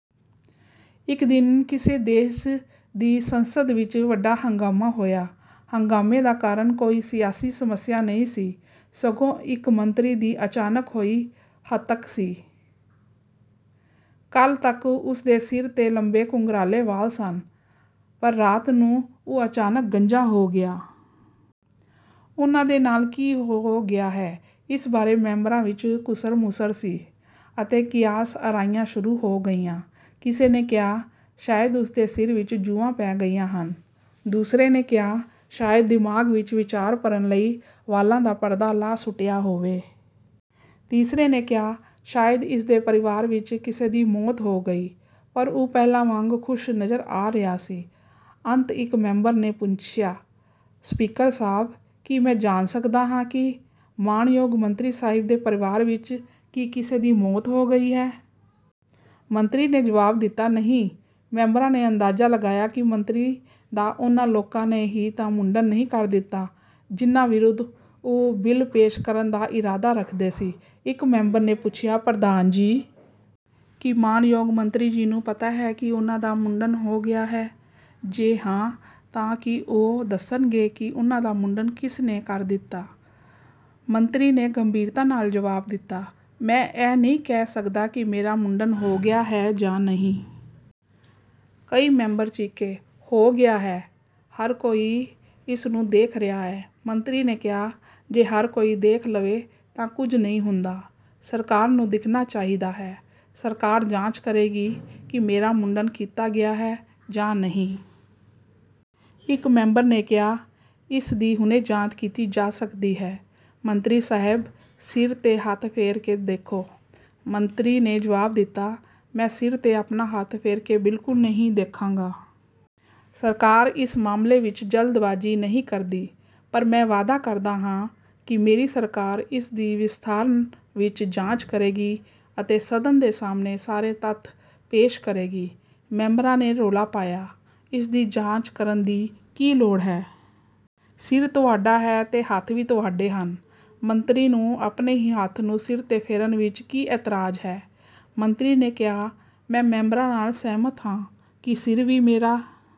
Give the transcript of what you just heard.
ਇੱਕ ਦਿਨ ਕਿਸੇ ਦੇਸ਼ ਦੀ ਸੰਸਦ ਵਿੱਚ ਵੱਡਾ ਹੰਗਾਮਾ ਹੋਇਆ। ਹੰਗਾਮੇ ਦਾ ਕਾਰਨ ਕੋਈ ਸਿਆਸੀ ਸਮੱਸਿਆ ਨਹੀਂ ਸੀ, ਸਗੋਂ ਇੱਕ ਮੰਤਰੀ ਦੀ ਅਚਾਨਕ ਹੋਈ "ਹੱਤਕ" ਸੀ। ਕੱਲ੍ਹ ਤੱਕ ਉਸ ਦੇ ਸਿਰ 'ਤੇ ਲੰਬੇ ਘੁੰਗਰਾਲੇ ਵਾਲ ਸਨ, ਪਰ ਰਾਤ ਨੂੰ ਉਹ ਅਚਾਨਕ ਗੰਜਾ ਹੋ ਗਿਆ। ਉਨ੍ਹਾਂ ਦੇ ਨਾਲ ਕੀ ਹੋ ਗਿਆ ਹੈ, ਇਸ ਬਾਰੇ ਮੈਂਬਰਾਂ ਵਿੱਚ ਘੁਸਰ-ਮੁਸਰ ਸੀ ਅਤੇ ਕਿਆਸ-ਅਰਾਈਆਂ ਸ਼ੁਰੂ ਹੋ ਗਈਆਂ। ਕਿਸੇ ਨੇ ਕਿਹਾ, "ਸ਼ਾਇਦ ਉਸ ਦੇ ਸਿਰ ਵਿੱਚ ਜੂੰਆਂ ਪੈ ਗਈਆਂ ਹਨ।" ਦੂਸਰੇ ਨੇ ਕਿਹਾ, "ਸ਼ਾਇਦ ਦਿਮਾਗ ਵਿੱਚ ਵਿਚਾਰ ਭਰਨ ਲਈ ਵਾਲਾਂ ਦਾ ਪਰਦਾ ਲਾਹ ਸੁੱਟਿਆ ਹੋਵੇ।" ਤੀਸਰੇ ਨੇ ਕਿਹਾ, "ਸ਼ਾਇਦ ਇਸ ਦੇ ਪਰਿਵਾਰ ਵਿੱਚ ਕਿਸੇ ਦੀ ਮੌਤ ਹੋ ਗਈ।" ਪਰ ਉਹ ਪਹਿਲਾਂ ਵਾਂਗ ਖੁਸ਼ ਨਜ਼ਰ ਆ ਰਿਹਾ ਸੀ। ਅੰਤ ਇੱਕ ਮੈਂਬਰ ਨੇ ਪੁੱਛਿਆ, "ਸਪੀਕਰ ਸਾਹਬ! ਕੀ ਮੈਂ ਜਾਣ ਸਕਦਾ ਹਾਂ ਕਿ ਮਾਣਯੋਗ ਮੰਤਰੀ ਸਾਹਿਬ ਦੇ ਪਰਿਵਾਰ ਵਿੱਚ ਕੀ ਕਿਸੇ ਦੀ ਮੌਤ ਹੋ ਗਈ ਹੈ?" ਮੰਤਰੀ ਨੇ ਜਵਾਬ ਦਿੱਤਾ, "ਨਹੀਂ।" ਮੈਂਬਰਾਂ ਨੇ ਅੰਦਾਜਾ ਲਗਾਇਆ ਕਿ ਮੰਤਰੀ ਦਾ ਉਨ੍ਹਾਂ ਲੋਕਾਂ ਨੇ ਹੀ ਤਾਂ ਮੁੰਡਨ ਨਹੀਂ ਕਰ ਦਿੱਤਾ ਜਿਨ੍ਹਾਂ ਵਿਰੁੱਧ ਉਹ ਬਿੱਲ ਪੇਸ਼ ਕਰਨ ਦਾ ਇਰਾਦਾ ਰੱਖਦੇ ਸੀ। ਇਕ ਮੈਂਬਰ ਨੇ ਪੁੱਛਿਆ, "ਪ੍ਰਧਾਨ ਜੀ! ਕੀ ਮਾਣਯੋਗ ਮੰਤਰੀ ਜੀ ਨੂੰ ਪਤਾ ਹੈ ਕਿ ਉਹਨਾਂ ਦਾ ਮੁੰਡਨ ਹੋ ਗਿਆ ਹੈ? ਜੇ ਹਾਂ, ਤਾਂ ਕੀ ਉਹ ਦੱਸਣਗੇ ਕਿ ਉਹਨਾਂ ਦਾ ਮੁੰਡਨ ਕਿਸ ਨੇ ਕਰ ਦਿੱਤਾ?" ਮੰਤਰੀ ਨੇ ਗੰਭੀਰਤਾ ਨਾਲ ਜਵਾਬ ਦਿੱਤਾ, "ਮੈਂ ਇਹ ਨਹੀਂ ਕਹਿ ਸਕਦਾ ਕਿ ਮੇਰਾ ਮੁੰਡਨ ਹੋ ਗਿਆ ਹੈ ਜਾਂ ਨਹੀਂ!" ਕਈ ਮੈਂਬਰ ਚੀਕੇ, "ਹੋ ਗਿਆ ਹੈ! ਹਰ ਕੋਈ ਇਸਨੂੰ ਦੇਖ ਰਿਹਾ ਹੈ।" ਮੰਤਰੀ ਨੇ ਕਿਹਾ, "ਜੇ ਹਰ ਕੋਈ ਦੇਖ ਲਵੇ ਤਾਂ ਕੁੱਝ ਨਹੀਂ ਹੁੰਦਾ। ਸਰਕਾਰ ਨੂੰ ਦਿਖਣਾ ਚਾਹੀਦਾ ਹੈ। ਸਰਕਾਰ ਜਾਂਚ ਕਰੇਗੀ ਕਿ ਮੇਰਾ ਮੁੰਡਨ ਕੀਤਾ ਗਿਆ ਹੈ ਜਾਂ ਨਹੀਂ।" ਇਕ ਮੈਂਬਰ ਨੇ ਕਿਹਾ, "ਇਸ ਦੀ ਹੁਣੇ ਜਾਂਚ ਕੀਤੀ ਜਾ ਸਕਦੀ ਹੈ। ਮੰਤਰੀ ਸਾਹਿਬ, ਸਿਰ 'ਤੇ ਹੱਥ ਫੇਰ ਕੇ ਦੇਖੋ।" ਮੰਤਰੀ ਨੇ ਜਵਾਬ ਦਿੱਤਾ, "ਮੈਂ ਸਿਰ 'ਤੇ ਆਪਣਾ ਹੱਥ ਫੇਰ ਕੇ ਬਿਲਕੁਲ ਨਹੀਂ ਦੇਖਾਂਗਾ। ਸਰਕਾਰ ਇਸ ਮਾਮਲੇ ਵਿੱਚ ਜਲਦਬਾਜ਼ੀ ਨਹੀਂ ਕਰਦੀ। ਪਰ ਮੈਂ ਵਾਅਦਾ ਕਰਦਾ ਹਾਂ ਕਿ ਮੇਰੀ ਸਰਕਾਰ ਇਸ ਦੀ ਵਿਸਥਾਰ ਵਿੱਚ ਜਾਂਚ ਕਰੇਗੀ ਅਤੇ ਸਦਨ ਦੇ ਸਾਹਮਣੇ ਸਾਰੇ ਤੱਥ ਪੇਸ਼ ਕਰੇਗੀ।" ਮੈਂਬਰਾਂ ਨੇ ਰੌਲਾ ਪਾਇਆ, "ਇਸ ਦੀ ਜਾਂਚ ਕਰਨ ਦੀ ਕੀ ਲੋੜ ਹੈ? ਸਿਰ ਤੁਹਾਡਾ ਹੈ ਤੇ ਹੱਥ ਵੀ ਤੁਹਾਡੇ ਹਨ। ਮੰਤਰੀ ਨੂੰ ਆਪਣੇ ਹੀ ਹੱਥ ਨੂੰ ਸਿਰ 'ਤੇ ਫੇਰਨ ਵਿੱਚ ਕੀ ਇਤਰਾਜ਼ ਹੈ?" ਮੰਤਰੀ ਨੇ ਕਿਹਾ, "ਮੈਂ ਮੈਂਬਰਾਂ ਨਾਲ ਸਹਿਮਤ ਹਾਂ ਕਿ ਸਿਰ ਵੀ ਮੇਰਾ